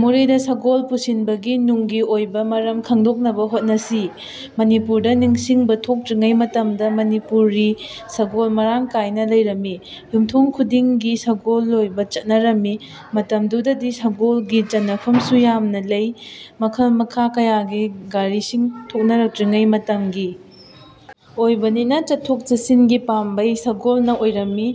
ꯃꯣꯔꯦꯗ ꯁꯒꯣꯜ ꯄꯨꯁꯤꯟꯕꯒꯤ ꯅꯨꯡꯒꯤ ꯑꯣꯏꯕ ꯃꯔꯝ ꯈꯪꯗꯣꯛꯅꯕ ꯍꯣꯠꯅꯁꯤ꯫ ꯃꯅꯤꯄꯨꯔꯗ ꯅꯤꯡꯁꯤꯡꯕ ꯊꯣꯛꯇ꯭ꯔꯤꯉꯩ ꯃꯇꯝꯗ ꯃꯅꯤꯄꯨꯔꯤ ꯁꯒꯣꯜ ꯃꯔꯥꯡ ꯀꯥꯏꯅ ꯂꯩꯔꯝꯃꯤ꯫ ꯌꯨꯝꯊꯣꯡ ꯈꯨꯗꯤꯡꯒꯤ ꯁꯒꯣꯜ ꯂꯣꯏꯕ ꯆꯠꯅꯔꯝꯃꯤ꯫ ꯃꯇꯝꯗꯨꯗꯗꯤ ꯁꯒꯣꯜꯒꯤ ꯆꯟꯅꯐꯝꯁꯨ ꯌꯥꯝꯅ ꯂꯩ꯫ ꯃꯈꯜ ꯃꯈꯥ ꯀꯌꯥꯒꯤ ꯒꯥꯔꯤꯁꯤꯡ ꯊꯣꯛꯅꯔꯛꯇ꯭ꯔꯤꯉꯩꯒꯤ ꯃꯇꯝ ꯑꯣꯏꯕꯅꯤꯅ ꯆꯠꯊꯣꯛ ꯆꯠꯁꯤꯟꯒꯤ ꯄꯥꯝꯕꯩ ꯁꯒꯣꯜꯅ ꯑꯣꯏꯔꯝꯃꯤ꯫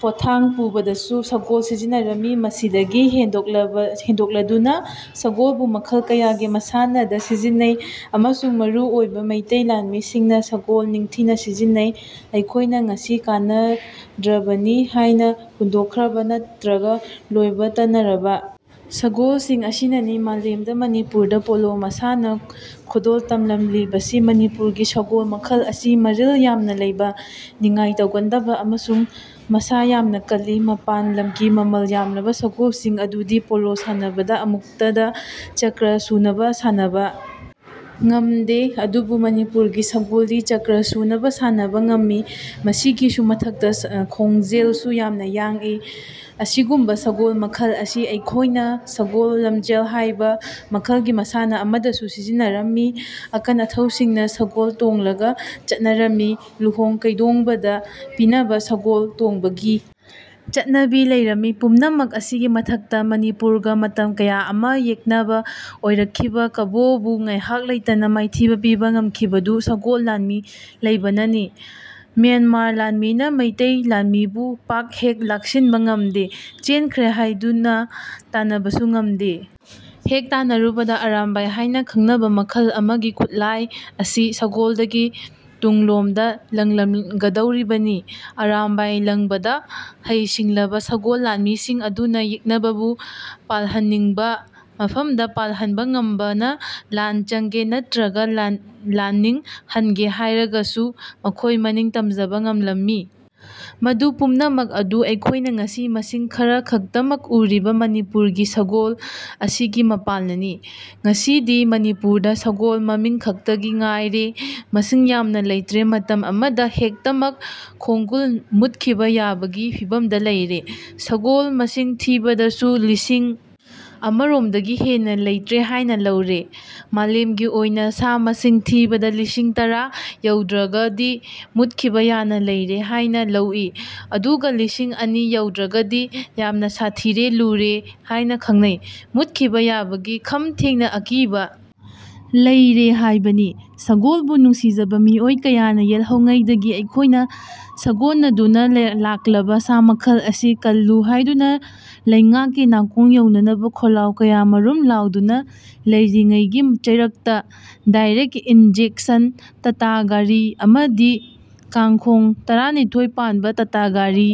ꯄꯣꯠꯊꯥꯡ ꯄꯨꯕꯗꯁꯨ ꯁꯒꯣꯜ ꯁꯤꯖꯤꯟꯅꯔꯝꯃꯤ꯫ ꯃꯁꯤꯗꯒꯤ ꯍꯦꯟꯗꯣꯛꯂꯗꯨꯅ ꯁꯒꯣꯜꯕꯨ ꯃꯈꯜ ꯀꯌꯥꯒꯤ ꯃꯁꯥꯟꯅꯗ ꯁꯤꯖꯤꯟꯅꯩ ꯑꯃꯁꯨꯡ ꯃꯔꯨ ꯑꯣꯏꯅ ꯃꯩꯇꯩ ꯂꯥꯟꯃꯤꯁꯤꯡꯅ ꯁꯒꯣꯜ ꯅꯤꯡꯊꯤꯅ ꯁꯤꯖꯤꯟꯅꯩ꯫ ꯑꯩꯈꯣꯏꯅ ꯉꯁꯤ ꯀꯥꯟꯅꯗ꯭ꯔꯕꯅꯤ ꯍꯥꯏꯅ ꯍꯨꯟꯗꯣꯛꯈ꯭ꯔꯕ ꯅꯠꯇ꯭ꯔꯒ ꯂꯣꯏꯕ ꯇꯟꯅꯔꯕ ꯁꯒꯣꯜꯁꯤꯡ ꯑꯁꯤꯅꯅꯤ ꯃꯥꯂꯦꯝꯗ ꯃꯅꯤꯄꯨꯔꯗ ꯄꯣꯂꯣ ꯃꯁꯥꯟꯅ ꯈꯨꯗꯣꯜ ꯇꯝꯂꯝꯂꯤꯕꯁꯤ꯫ ꯃꯅꯤꯄꯨꯔꯒꯤ ꯁꯒꯣꯜ ꯃꯈꯜ ꯑꯁꯤ ꯃꯔꯤꯜ ꯌꯥꯝꯅ ꯂꯩꯕ, ꯅꯤꯡꯉꯥꯏ ꯇꯧꯒꯟꯗꯕ ꯑꯃꯁꯨꯡ ꯃꯁꯥ ꯌꯥꯝꯅ ꯀꯜꯂꯤ꯫ ꯃꯄꯥꯟ ꯂꯝꯒꯤ ꯃꯃꯜ ꯌꯥꯝꯂꯕ ꯁꯒꯣꯜꯁꯤꯡ ꯑꯗꯨꯗꯤ ꯄꯣꯂꯣ ꯁꯥꯟꯅꯕꯗ ꯑꯃꯨꯛꯇꯗ ꯆꯀ꯭ꯔꯥ ꯁꯨꯅꯕ ꯁꯥꯟꯅꯕ ꯉꯝꯗꯦ꯫ ꯑꯗꯨꯕꯨ ꯃꯅꯤꯄꯨꯔꯒꯤ ꯁꯒꯣꯜꯗꯤ ꯆꯀ꯭ꯔꯥ ꯁꯨꯅꯕ ꯁꯥꯟꯅꯕ ꯉꯝꯃꯤ꯫ ꯃꯁꯤꯒꯤꯁꯨ ꯃꯊꯛꯇ ꯈꯣꯡꯖꯦꯜꯁꯨ ꯌꯥꯝꯅ ꯌꯥꯡꯏ꯫ ꯑꯁꯤꯒꯨꯝꯕ ꯁꯒꯣꯜ ꯃꯈꯜ ꯑꯁꯤ ꯑꯩꯈꯣꯏꯅ ꯁꯒꯣꯜ ꯂꯝꯖꯦꯜ ꯍꯥꯏꯕ ꯃꯈꯜꯒꯤ ꯃꯁꯥꯟꯅ ꯑꯃꯗꯁꯨ ꯁꯤꯖꯤꯟꯅꯔꯝꯃꯤ꯫ ꯑꯀꯟ-ꯑꯊꯧꯁꯤꯡꯅ ꯁꯒꯣꯜ ꯇꯣꯡꯂꯒ ꯆꯠꯅꯔꯝꯃꯤ꯫ ꯂꯨꯍꯣꯡ-ꯀꯩꯗꯣꯡꯕꯗ ꯄꯤꯕꯥꯅ ꯁꯒꯣꯜ ꯇꯣꯡꯕꯒꯤ ꯆꯠꯅꯕꯤ ꯂꯩꯔꯝꯃꯤ꯫ ꯄꯨꯝꯅꯃꯛ ꯑꯁꯤꯒꯤ ꯃꯊꯛꯇ ꯃꯅꯤꯄꯨꯔꯒ ꯃꯇꯝ ꯀꯌꯥ ꯑꯃ ꯌꯦꯛꯅꯕ ꯑꯣꯏꯔꯛꯈꯤꯕ ꯀꯕꯣ ꯕꯨ ꯉꯥꯏꯍꯥꯛ ꯂꯩꯇꯅ ꯃꯥꯏꯊꯤꯕ ꯄꯤꯕ ꯉꯝꯈꯤꯕꯗꯨ ꯁꯒꯣꯜ ꯂꯥꯟꯃꯤ ꯂꯩꯕꯅꯅꯤ꯫ ꯃ꯭ꯌꯥꯟꯃꯥꯔ ꯂꯥꯟꯃꯤꯅ ꯃꯩꯇꯩ ꯂꯥꯟꯃꯤꯕꯨ ꯄꯥꯛ ꯍꯦꯛ ꯂꯥꯛꯁꯤꯟꯕ ꯉꯝꯗꯦ, ꯆꯦꯟꯈ꯭ꯔꯦ ꯍꯥꯏꯗꯨꯅ ꯇꯥꯟꯅꯕꯁꯨ ꯉꯝꯗꯦ꯫ ꯍꯦꯛ ꯇꯥꯟꯅꯔꯨꯕꯗ ꯑꯔꯥꯝꯕꯥꯏ ꯍꯥꯏꯅ ꯈꯪꯅꯕ ꯃꯈꯜ ꯑꯃꯒꯤ ꯈꯨꯠꯂꯥꯏ ꯑꯁꯤ ꯁꯒꯣꯜꯗꯒꯤ ꯇꯨꯡꯂꯣꯝꯗ ꯂꯪꯂꯝꯒꯗꯧꯔꯤꯕꯅꯤ꯫ ꯑꯔꯥꯝꯕꯥꯏ ꯂꯪꯕꯗ ꯍꯩ-ꯁꯤꯡꯂꯕ ꯁꯒꯣꯜ ꯂꯥꯟꯃꯤꯁꯤꯡ ꯑꯗꯨꯅ ꯌꯦꯛꯅꯕꯕꯨ ꯄꯥꯜꯍꯟꯅꯤꯡꯕ ꯃꯐꯝꯗ ꯄꯥꯜꯍꯟꯕ ꯉꯝꯕꯅ ꯂꯥꯟ ꯆꯪꯒꯦ ꯅꯠꯇ꯭ꯔꯒ ꯂꯥꯟꯅꯤꯡ ꯍꯟꯒꯦ ꯍꯥꯏꯔꯒꯁꯨ ꯃꯈꯣꯏ ꯃꯅꯤꯡ ꯇꯝꯖꯕ ꯉꯝꯂꯝꯃꯤ꯫ ꯃꯗꯨ ꯄꯨꯝꯅꯃꯛ ꯑꯗꯨ ꯑꯩꯈꯣꯏꯅ ꯉꯁꯤ ꯃꯁꯤꯡ ꯈꯔꯈꯛꯇꯃꯛ ꯎꯔꯤꯕ ꯃꯅꯤꯄꯨꯔꯒꯤ ꯁꯒꯣꯜ ꯑꯁꯤꯒꯤ ꯃꯄꯥꯜꯅꯅꯤ꯫ ꯉꯁꯤꯗꯤ ꯃꯅꯤꯄꯨꯔꯗ ꯁꯒꯣꯜ ꯃꯃꯤꯡ ꯈꯛꯇꯒꯤ ꯉꯥꯏꯔꯦ꯫ ꯃꯁꯤꯡ ꯌꯥꯝꯅ ꯂꯩꯇ꯭ꯔꯦ꯫ ꯃꯇꯝ ꯑꯃꯗ ꯍꯦꯛꯇꯃꯛ ꯈꯣꯡꯒꯨꯜ ꯃꯨꯠꯈꯤꯕ ꯌꯥꯕꯒꯤ ꯐꯤꯚꯝꯗ ꯂꯩꯔꯦ꯫ ꯁꯒꯣꯜ ꯃꯁꯤꯡ ꯊꯤꯕꯗꯁꯨ ꯂꯤꯁꯤꯡ ꯑꯃ ꯔꯣꯝꯗꯒꯤ ꯍꯦꯟꯅ ꯂꯩꯇ꯭ꯔꯦ ꯍꯥꯏꯅ ꯂꯧꯔꯦ꯫ ꯃꯥꯂꯦꯝꯒꯤ ꯑꯣꯏꯅ ꯁꯥ ꯃꯁꯤꯡ ꯊꯤꯕꯗ ꯂꯤꯁꯤꯡ ꯇꯔꯥ ꯌꯧꯗ꯭ꯔꯒꯗꯤ ꯃꯨꯠꯈꯤꯕ ꯌꯥꯅ ꯂꯩꯔꯦ ꯍꯥꯏꯅ ꯂꯧꯏ꯫ ꯑꯗꯨꯒ ꯂꯤꯁꯤꯡ ꯑꯅꯤ ꯌꯧꯗ꯭ꯔꯒꯗꯤ ꯌꯥꯝ ꯁꯥꯊꯤꯅ ꯂꯨꯔꯦ ꯍꯥꯏꯅ ꯈꯪꯅꯩ꯫ ꯃꯨꯠꯈꯤꯕ ꯌꯥꯕꯒꯤ ꯈꯝ ꯊꯦꯡꯅ ꯑꯀꯤꯕ ꯂꯩꯔꯦ ꯍꯥꯏꯕꯅꯤ꯫ ꯁꯒꯣꯜꯕꯨ ꯅꯨꯡꯁꯤꯖꯕ ꯃꯤꯑꯣꯏ ꯀꯌꯥꯅ ꯌꯦꯜꯍꯧꯉꯩꯗꯒꯤ ꯑꯩꯈꯣꯏꯅ ꯁꯥꯒꯣꯟꯅꯗꯨꯅ ꯂꯥꯛꯂꯕ ꯁꯥ ꯃꯈꯜ ꯑꯁꯤ ꯀꯜꯂꯨ ꯍꯥꯏꯗꯨꯅ ꯂꯩꯉꯥꯛꯀꯤ ꯅꯥꯀꯣꯡ ꯌꯧꯅꯅꯕ ꯈꯣꯜꯂꯥꯎ ꯀꯌꯥꯃꯔꯨꯝ ꯂꯥꯎꯗꯨꯅ ꯂꯩꯔꯤꯉꯩꯒꯤ ꯆꯩꯔꯛꯇ ꯗꯥꯏꯔꯦꯛ ꯏꯟꯖꯦꯛꯁꯟ ꯇꯇꯥ ꯒꯥꯔꯤ ꯑꯃꯗꯤ ꯀꯥꯡ-ꯈꯣꯡ ꯇꯔꯥꯅꯤꯊꯣꯏ ꯄꯥꯟꯕ ꯇꯇꯥ ꯒꯥꯔꯤ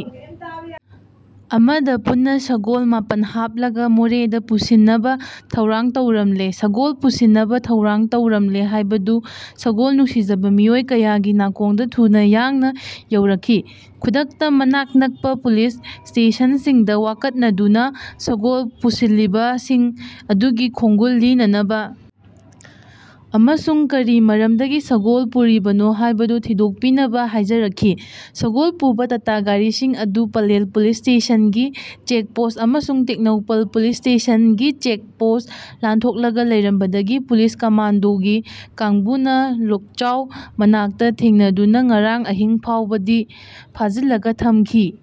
ꯑꯃꯗ ꯄꯨꯟꯅ ꯁꯒꯣꯜ ꯃꯥꯄꯟ ꯍꯥꯞꯂꯒ ꯃꯣꯔꯦꯗ ꯄꯨꯁꯤꯟꯅꯕ ꯊꯧꯔꯥꯡ ꯇꯧꯔꯝꯂꯦ꯫ ꯁꯒꯣꯜ ꯄꯨꯁꯤꯟꯅꯕ ꯊꯧꯔꯥꯡ ꯇꯧꯔꯝꯂꯦ ꯍꯥꯏꯕꯗꯨ ꯁꯒꯣꯜ ꯅꯨꯡꯁꯤꯖꯕ ꯃꯤꯑꯣꯏ ꯀꯌꯥꯒꯤ ꯅꯥꯀꯣꯡꯗ ꯊꯨꯅ ꯌꯥꯡꯅ ꯌꯧꯔꯛꯈꯤ꯫ ꯈꯨꯗꯛꯇ ꯃꯅꯥꯛ ꯅꯛꯄ ꯄꯨꯂꯤꯁ ꯁ꯭ꯇꯦꯁꯟꯁꯤꯡꯗ ꯋꯥꯀꯠꯅꯗꯨꯅ ꯁꯒꯣꯜ ꯄꯨꯁꯤꯜꯂꯤꯕꯁꯤꯡ ꯑꯗꯨꯒꯤ ꯈꯣꯡꯒꯨꯜ ꯂꯤꯅꯅꯕ ꯑꯃꯁꯨꯡ ꯀꯔꯤ ꯃꯔꯝꯗꯒꯤ ꯁꯒꯣꯜ ꯄꯨꯔꯤꯕꯅꯣ ꯍꯥꯏꯕꯗꯨ ꯊꯤꯗꯣꯛꯄꯤꯅꯕ ꯍꯥꯏꯖꯔꯛꯈꯤ꯫ ꯁꯒꯣꯜ ꯄꯨꯕ ꯇꯇꯥ ꯒꯥꯔꯤꯁꯤꯡ ꯑꯗꯨ ꯄꯂꯦꯜ ꯄꯨꯂꯤꯁ ꯁ꯭ꯇꯦꯁꯟꯒꯤ ꯆꯦꯛ ꯄꯣꯁꯠ ꯑꯃꯁꯨꯡ ꯇꯦꯡꯅꯧꯄꯜꯒꯤ ꯄꯨꯂꯤꯁ ꯁ꯭ꯇꯦꯁꯟꯒꯤ ꯆꯦꯛ ꯄꯣꯁꯠ ꯂꯥꯟꯊꯣꯛꯂꯒ ꯂꯩꯔꯝꯕꯗꯒꯤ ꯄꯨꯂꯤꯁ ꯀꯝꯃꯥꯟꯗꯣꯒꯤ ꯀꯥꯡꯕꯨꯅ ꯂꯣꯛꯆꯥꯎ ꯃꯅꯥꯛꯇ ꯊꯦꯡꯅꯗꯨꯅ ꯉꯔꯥꯡ ꯑꯍꯤꯡ ꯐꯥꯎꯕꯗꯤ ꯐꯥꯖꯤꯜꯂꯒ ꯊꯝꯈꯤ꯫